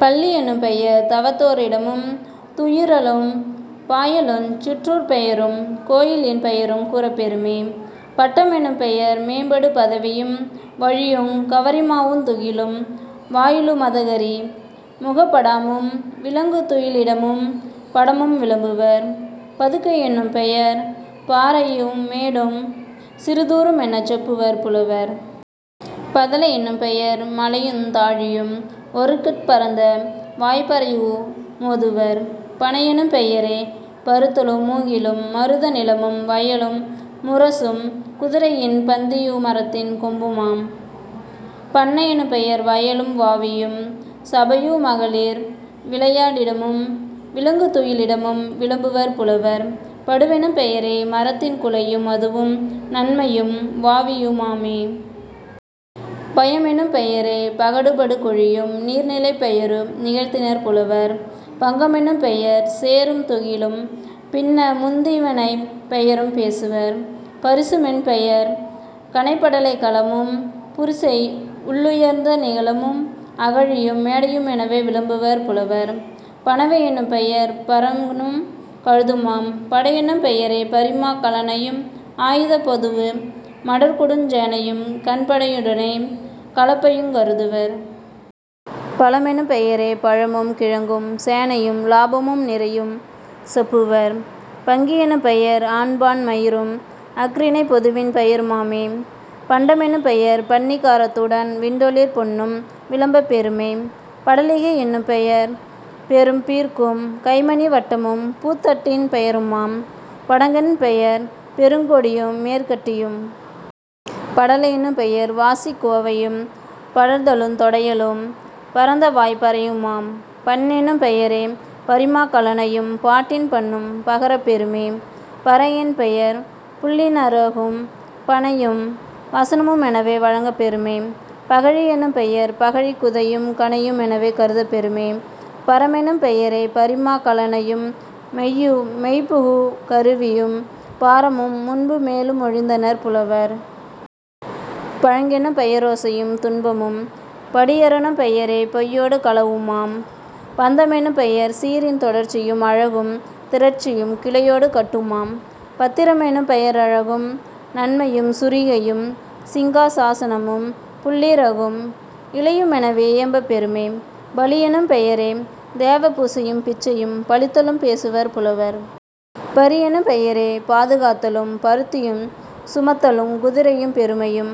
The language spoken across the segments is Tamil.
பள்ளி யெனும்பெயர் தவத்தோ ரிடமும் துயிறலும் பாயலுஞ் சிற்றூர்ப் பெயரும் கோயிலின் பெயருங் கூறப் பெறுமே..... பட்ட மெனும்பெயர் மேம்படு பதவியும் வழியுங் கவரி மாவுந் துகிலும்। வாயிலு மதகரி முகப டாமும் விலங்கு துயிலிடமும் படமும் விளம்புவர்..... பதுக்கை யெனும்பெயர் பாறையு மேடும் சிறுதூ றுமெனச் செப்புவர் புலவர்..... பதலை யெனும்பெயர் மலையுந் தாழியும் ஒருகட் பரந்த வாய்ப்பறையு மோதுவர்..... பணையெனும் பெயரே பருத்தலு ழூங்கிலும் மருத நிலமும் வயலு முரசமும் குதிரையின் பந்தியு மரத்தின் கொம்புமாம்..... பண்ணை யெனும்பெயர் வயலும் வாவியும் சபையு மகளிர் விளையா டிடமும் விலங்கு துயிலிடமும் விளம்புவர் புலவர்..... படுவெனும் பெயரே மரத்தின் குலையும் மதுவும் நன்மையும் வாவியு மாமே..... பயம்பெனும் பெயரே பகடுபடு குழியும் நீர்நிலைப் பெயரு நிகழ்த்தினர் புலவர்..... பங்க மெனும்பெயர் சேறும் துகிலும் பின்னமுந் தீவினைப் பெயரும் பேசுவர்..... பரிசு மென்பெயர் கணைப்படைக் கலமும் புரிசை யுள்ளுயர்ந்த நிலமும் அகழியும் மேடையு மெனவே விளம்புவர் புலவர்..... பணவை யெனும்பெயர் பரணுங் கழுதுமாம்..... படையெனும் பெயரே பரிமாக் கலனையும் ஆயுதப் பொதுவு மடர்கொடுஞ் சேனையும் கண்படை யுடனே கலப்பையுங் கருதுவர்..... பலமெனும் பெயரே பழமும் கிழங்கும் சேனையும் லாபமும் நிறையும் செப்புவர்..... பங்கி யெனும்பெயர் ஆண்பான் மயிரும் அஃறிணைப் பொதுவின் பெயரு மாமே..... பண்ட மெனும்பெயர் பண்ணி காரத்துடன் விண்டொளிர் பொன்னும் விளம்பப் பெறுமே..... படலிகை யென்னும் பெயர்பெரும் பீர்க்கும் கைமணி வட்டமும் பூத்தட்டின் பெயருமாம்..... படங்கென் பெயர்பெருங் கொடியு மேற்கட்டியும்..... படலை யெனும்பெயர் வாசிக் கோவையும் படர்தலுந் தொடையலும் பரந்தவாய்ப் பறையுமாம்..... பண்ணெனும் பெயரே பரிமாக் கலனையும் பாட்டின் பண்ணும் பகரப் பெறுமே..... பறையென் பெயர்புள்ளி னிறகும் பணையும் வசனமு மெனவே வழங்கப் பெறுமே..... பகழி யெனும்பெயர் பகழிக் குதையும் கணையு மெனவே கருதப் பெறுமே..... பரமெனும் பெயரே பரிமாக் கலனையும் மெய்யு மெய்புகு கருவியும் பாரமும் முன்பு மேலு மொழிந்தனர் புலவர்..... பழங்கணெ னும்பெய ரோசையும் துன்பமும்..... படிறெனும் பெயரே பொய்யொடு களவுமாம்..... பந்த மெனும்பெயர் சீரின் தொடர்ச்சியும் அழகும் திரட்சியும் கிளையொடு கட்டுமாம்..... பத்திர மெனும்பெய ரழகும் நன்மையும் சுரிகையும் சிங்கா சனமும் புள்ளிறகும் இலையு மெனவே இயம்பப் பெறுமே..... பலியெனும் பெயரே தேவ பூசையும் பிச்சையும் பலித்தலும் பேசுவர் புலவர்..... பரியெனும் பெயரே பாது காத்தலும் பருத்தியுஞ் சுமத்தலுங் குதிரையும் பெருமையும்.....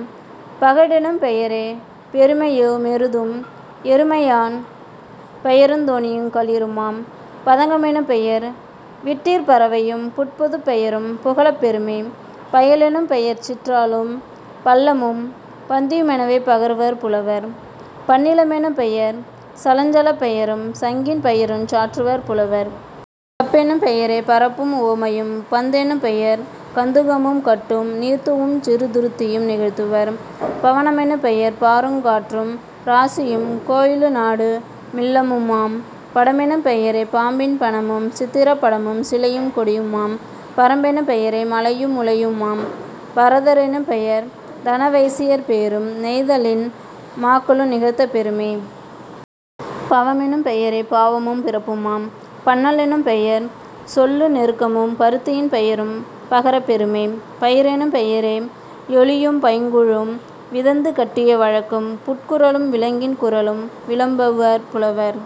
பகடெனும் பெயரே பெருமையு மெருதும் எருமை யாண்பெயருந் தோணியுங் களிறுமாம்..... பதங்க மெனும்பெயர் விட்டிற் பறவையும் புட்பொதுப் பெயரும் புகலப் பெறுமே..... பயலெனும் பெயர்ச்சிற் றாளும் பள்ளமும் பந்தியு மெனவே பகருவர் புலவர்..... பணில மெனும்பெயர் சலஞ்சலப் பெயரும் சங்கின் பெயருஞ் சாற்றுவர் புலவர்..... பப்பெனும் பெயரே பரப்பும் உவமையும்..... பந்தெனும் பெயர்கந் துகமும் கட்டும் நீர்தூவுஞ் சிறுது ருத்தியும் நிகழ்த்துவர்..... பவன மெனும்பெயர் பாருங் காற்றும் இராசியும் கோயிலு நாடு மில்லமுமாம்..... படமெனும் பெயரே பாம்பின் பணமும் சித்திரப் படமும் சிலையும் கொடியுமாம்..... பறம்பெனும் பெயரே மலையு முலையுமாம்..... பரத ரெனும்பெயர் தனவைசியர் பேரும் நெய்தனில மாக்களு நிகழ்த்தப் பெறுமே..... பவமெனும் பெயரே பாவமும் பிறப்புமாம்..... பண்ணல் எனும்பெயர் சொல்லு நெருக்கமும் பருத்தியின் பெயரும் பகரப் பெறுமே..... பயிரெனும் பெயரே யொலியும் பைங்கூழும் விதந்து கட்டிய வழக்கும் புட்குரலும் விலங்கின் குரலும் விளம்புவர் புலவர்.